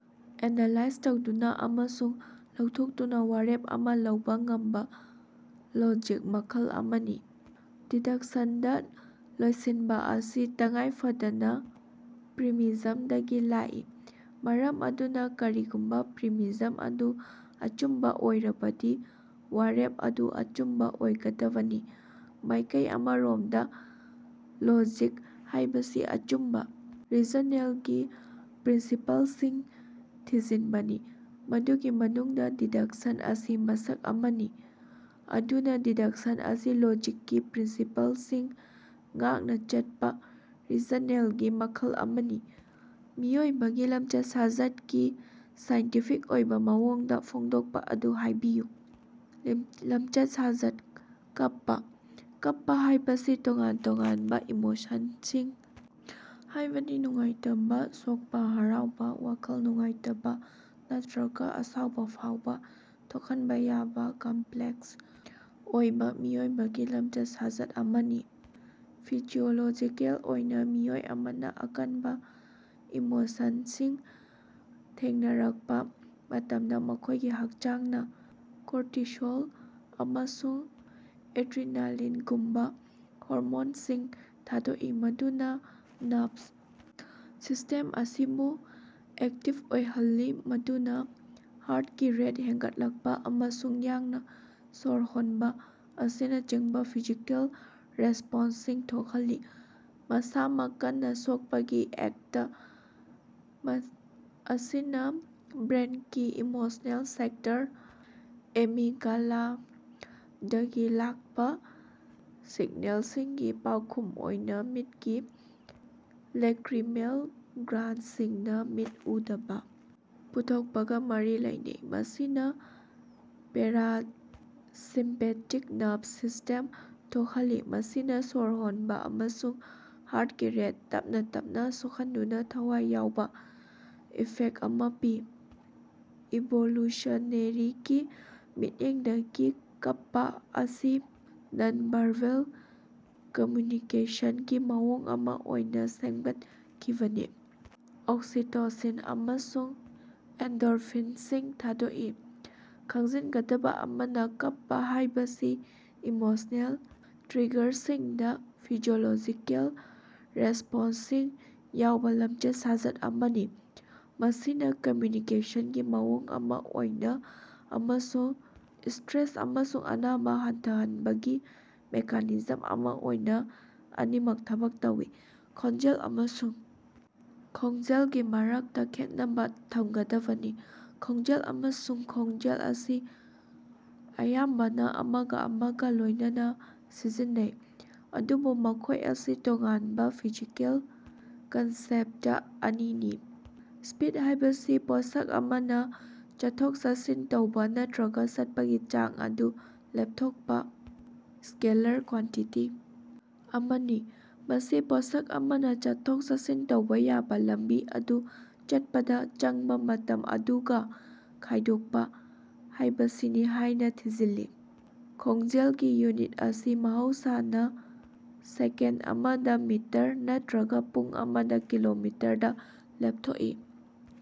Analyse ꯇꯧꯗꯨꯅ ꯑꯃꯁꯨꯡ ꯂꯧꯊꯣꯛꯇꯨꯅ ꯋꯥꯔꯦꯞ ꯑꯃ ꯂꯧꯕ ꯉꯝꯕ ꯂꯣꯖꯤꯛ ꯃꯈꯜ ꯑꯃꯅꯤ꯫ ꯗꯤꯗꯛꯁꯟꯗ ꯂꯣꯏꯁꯤꯟꯕ ꯑꯁꯤ ꯇꯉꯥꯏꯐꯗꯅ ꯄ꯭ꯔꯤꯃꯤꯖꯝꯗꯒꯤ ꯂꯥꯛꯏ, ꯃꯔꯝ ꯑꯗꯨꯅ ꯀꯔꯤꯒꯨꯝꯕ ꯄ꯭ꯔꯤꯃꯤꯖꯝ ꯑꯗꯨ ꯑꯆꯨꯝꯕ ꯑꯣꯏꯔꯕꯗꯤ ꯋꯥꯔꯦꯞ ꯑꯗꯨ ꯑꯆꯨꯝꯕ ꯑꯣꯏꯒꯗꯕꯅꯤ꯫ ꯃꯥꯏꯀꯩ ꯑꯃꯔꯣꯝꯗ ꯂꯣꯖꯤꯛ ꯍꯥꯏꯕꯁꯤ ꯑꯆꯨꯝꯕ ꯔꯤꯖꯅꯦꯜꯒꯤ ꯄ꯭ꯔꯤꯟꯁꯤꯄꯜꯁꯤꯡ ꯊꯤꯖꯤꯟꯕꯅꯤ, ꯃꯗꯨꯒꯤ ꯃꯅꯨꯡꯗ ꯗꯤꯗꯛꯁꯟ ꯑꯁꯤ ꯃꯁꯛ ꯑꯃꯅꯤ꯫ ꯑꯗꯨꯅ, ꯗꯤꯗꯛꯁꯟ ꯑꯁꯤ ꯂꯣꯖꯤꯛꯀꯤ ꯄ꯭ꯔꯤꯟꯁꯤꯄꯜꯁꯤꯡ ꯉꯥꯛꯅ ꯆꯠꯄ ꯔꯤꯖꯅꯦꯜꯒꯤ ꯃꯈꯜ ꯑꯃꯅꯤ꯫ ꯃꯤꯑꯣꯏꯕꯒꯤ ꯂꯝꯆꯠ-ꯁꯥꯖꯠꯀꯤ ꯁꯥꯏꯟꯇꯤꯐꯤꯛ ꯑꯣꯏꯕ ꯃꯑꯣꯡꯗ ꯐꯣꯡꯗꯣꯛꯄ ꯑꯗꯨ ꯍꯥꯏꯕꯤꯌꯨ꯫ ꯑꯝ ꯂꯝꯆꯠ-ꯁꯥꯖꯠ: ꯀꯞꯄ꯫ ꯀꯞꯄ ꯍꯥꯏꯕꯁꯤ ꯇꯣꯉꯥꯟ-ꯇꯣꯉꯥꯟꯕ ꯏꯃꯣꯁꯟꯁꯤꯡ ꯍꯥꯏꯕꯗꯤ ꯅꯨꯡꯉꯥꯏꯇꯕ, ꯁꯣꯛꯄ, ꯍꯔꯥꯎꯕ, ꯋꯥꯈꯜ ꯅꯨꯡꯉꯥꯏꯇꯕ ꯅꯠꯇ꯭ꯔꯒ ꯑꯁꯥꯎꯕ ꯐꯥꯎꯕ ꯊꯣꯛꯍꯟꯕ ꯌꯥꯕ ꯀꯝꯄ꯭ꯂꯦꯛꯁ ꯑꯣꯏꯕ ꯃꯤꯑꯣꯏꯕꯒꯤ ꯂꯝꯆꯠ-ꯁꯥꯖꯠ ꯑꯃꯅꯤ꯫ ꯐꯤꯖꯤꯑꯣꯂꯣꯖꯤꯀꯦꯜ ꯑꯣꯏꯅ, ꯃꯤꯑꯣꯏ ꯑꯃꯅ ꯑꯀꯟꯕ ꯏꯃꯣꯁꯟꯁꯤꯡ ꯊꯦꯡꯅꯔꯛꯄ ꯃꯇꯝꯗ, ꯃꯈꯣꯏꯒꯤ ꯍꯛꯆꯥꯡꯅ ꯀꯣꯔꯇꯤꯁꯣꯜ ꯑꯃꯁꯨꯡ ꯑꯦꯗ꯭ꯔꯤꯅꯥꯂꯤꯟꯒꯨꯝꯕ ꯍꯣꯔꯃꯣꯟꯁꯤꯡ ꯊꯥꯗꯣꯛꯏ, ꯃꯗꯨꯅ ꯅꯞꯁ ꯁꯤꯁꯇꯦꯝ ꯑꯁꯤꯕꯨ ꯑꯦꯛꯇꯤꯚ ꯑꯣꯏꯍꯜꯂꯤ, ꯃꯗꯨꯅꯥꯍꯥꯔꯇꯀꯤ ꯔꯦꯠ ꯍꯦꯟꯒꯠꯂꯛꯄ ꯑꯃꯁꯨꯡ ꯌꯥꯡꯅ ꯁꯣꯔ ꯍꯣꯟꯕ ꯑꯁꯤꯅꯆꯤꯡꯕ ꯐꯤꯖꯤꯀꯦꯜ ꯔꯦꯁꯄꯣꯟꯁꯁꯤꯡ ꯊꯣꯛꯍꯜꯂꯤ꯫ ꯃꯁꯥꯃꯛ ꯀꯟꯅ ꯁꯣꯛꯄꯒꯤ ꯑꯦꯛꯇ ꯃ ꯑꯁꯤꯅ ꯕ꯭ꯔꯦꯟꯒꯤ ꯏꯃꯣꯁꯅꯦꯜ ꯁꯦꯟꯇꯔ, ꯑꯦꯃꯤꯒꯗꯥꯂꯥꯗꯒꯤ ꯂꯥꯛꯄ ꯁꯤꯒꯅꯦꯜꯁꯤꯡꯒꯤ ꯄꯥꯎꯈꯨꯝ ꯑꯣꯏꯅ ꯃꯤꯠꯀꯤ ꯂꯦꯀ꯭ꯔꯤꯃꯦꯜ ꯒ꯭ꯔꯥꯟꯗꯁꯤꯡꯅ ꯃꯤꯠ ꯎꯗꯕ ꯄꯨꯊꯣꯛꯄꯒ ꯃꯔꯤ ꯂꯩꯅꯩ, ꯃꯁꯤꯅ ꯄꯦꯔꯥꯁꯤꯝꯄꯦꯇꯤꯛ ꯅꯔꯚꯁ ꯁꯤꯁ꯭ꯇꯦꯝ ꯊꯣꯛꯍꯜꯂꯤ, ꯃꯁꯤꯅ ꯁꯣꯔ ꯍꯣꯟꯕ ꯑꯃꯁꯨꯡ ꯍꯥꯔꯇꯀꯤ ꯔꯦꯠ ꯇꯞꯅ - ꯇꯞꯅ ꯁꯣꯛꯍꯟꯗꯨꯅ ꯊꯋꯥꯏ ꯌꯥꯎꯕ ꯏꯐꯦꯛꯇ ꯑꯃ ꯄꯤ꯫ ꯏꯚꯣꯂꯨꯁꯅꯦꯔꯤꯒꯤ ꯃꯤꯠꯌꯦꯡꯗꯒꯤ, ꯀꯞꯄ ꯑꯁꯤ ꯅꯟ-ꯚꯥꯔꯕꯦꯜ ꯀꯝꯃ꯭ꯌꯨꯅꯤꯀꯦꯁꯟꯒꯤ ꯃꯑꯣꯡ ꯑꯃ ꯑꯣꯏꯅ ꯁꯦꯝꯒꯠꯂꯛꯈꯤꯕꯅꯤ ꯑꯣꯛꯁꯤꯇꯣꯁꯤꯟ ꯑꯃꯁꯨꯡ ꯑꯦꯟꯗꯣꯔꯐꯤꯟꯁꯤꯡ ꯊꯥꯗꯣꯛꯏ꯫ ꯈꯪꯖꯤꯟꯒꯗꯕ ꯑꯃꯅ, ꯀꯞꯄ ꯍꯥꯏꯕꯁꯤ ꯏꯃꯣꯁꯅꯦꯜ ꯇ꯭ꯔꯤꯒꯔꯁꯤꯡꯗ ꯐꯤꯖꯤꯑꯣꯂꯣꯖꯤꯀꯦꯜ ꯔꯦꯁꯄꯣꯟꯁꯁꯤꯡ ꯌꯥꯎꯕ ꯂꯝꯆꯠ-ꯁꯥꯖꯠ ꯑꯃꯅꯤ, ꯃꯁꯤꯅ ꯀꯝꯃ꯭ꯌꯨꯅꯤꯀꯦꯁꯟꯒꯤ ꯃꯑꯣꯡ ꯑꯃ ꯑꯣꯏꯅ ꯑꯃꯁꯨꯡ ꯁꯇ꯭ꯔꯦꯁ ꯑꯃꯁꯨꯡ ꯑꯅꯥꯕ ꯍꯟꯊꯍꯟꯅꯕꯒꯤ ꯃꯦꯀꯥꯅꯤꯖꯝ ꯑꯃ ꯑꯣꯏꯅ ꯑꯅꯤꯃꯛ ꯊꯕꯛ ꯇꯧꯏ꯫ ꯈꯣꯡꯖꯦꯜ ꯑꯃꯁꯨꯡ ꯈꯣꯡꯖꯦꯜꯒꯤ ꯃꯔꯛꯇ ꯈꯦꯠꯅꯕ ꯊꯝꯒꯗꯕꯅꯤ꯫ ꯈꯣꯡꯖꯦꯜ ꯑꯃꯁꯨꯡ ꯈꯣꯡꯖꯦꯜ ꯑꯁꯤ ꯑꯌꯥꯝꯕꯅ ꯑꯃꯒꯥ ꯑꯃꯒꯥ ꯂꯣꯏꯅꯅ ꯁꯤꯖꯤꯟꯅꯩ, ꯑꯗꯨꯕꯨ ꯃꯈꯣꯏ ꯑꯁꯤ ꯇꯣꯉꯥꯟꯕ ꯐꯤꯖꯤꯀꯦꯜ ꯀꯟꯁꯦꯞꯇ ꯑꯅꯤꯅꯤ꯫ ꯁ꯭ꯄꯤꯗ ꯍꯥꯏꯕꯁꯤ ꯄꯣꯠꯁꯛ ꯑꯃꯅ ꯆꯠꯊꯣꯛ-ꯆꯠꯁꯤꯟ ꯇꯧꯕ ꯅꯠꯇ꯭ꯔꯒ ꯆꯠꯄꯒꯤ ꯆꯥꯡ ꯑꯗꯨ ꯂꯦꯞꯊꯣꯛꯄ ꯁ꯭ꯀꯦꯂꯔ ꯀ꯭ꯋꯥꯟꯇꯤꯇꯤ ꯑꯃꯅꯤ꯫ ꯃꯁꯤ ꯄꯣꯠꯁꯛ ꯑꯃꯅ ꯆꯠꯊꯣꯛ-ꯆꯠꯁꯤꯟ ꯇꯧꯕ ꯌꯥꯕ ꯂꯝꯕꯤ ꯑꯗꯨ ꯆꯠꯄꯗ ꯆꯪꯕ ꯃꯇꯝ ꯑꯗꯨꯒ ꯈꯥꯏꯗꯣꯛꯄ ꯍꯥꯏꯕꯁꯤꯅꯤ ꯍꯥꯏꯅ ꯊꯤꯖꯤꯜꯂꯤ꯫ ꯈꯣꯡꯖꯦꯜꯒꯤ ꯌꯨꯅꯤꯠ ꯑꯁꯤ ꯃꯍꯧꯁꯥꯅ ꯁꯦꯀꯦꯟꯗ ꯑꯃꯗ ꯃꯤꯇꯔ ꯅꯠꯇ꯭ꯔꯒ ꯄꯨꯡ ꯑꯃꯗꯥ ꯀꯤꯂꯣꯃꯤꯇꯔ ꯗ ꯂꯦꯞꯊꯣꯛꯏ꯫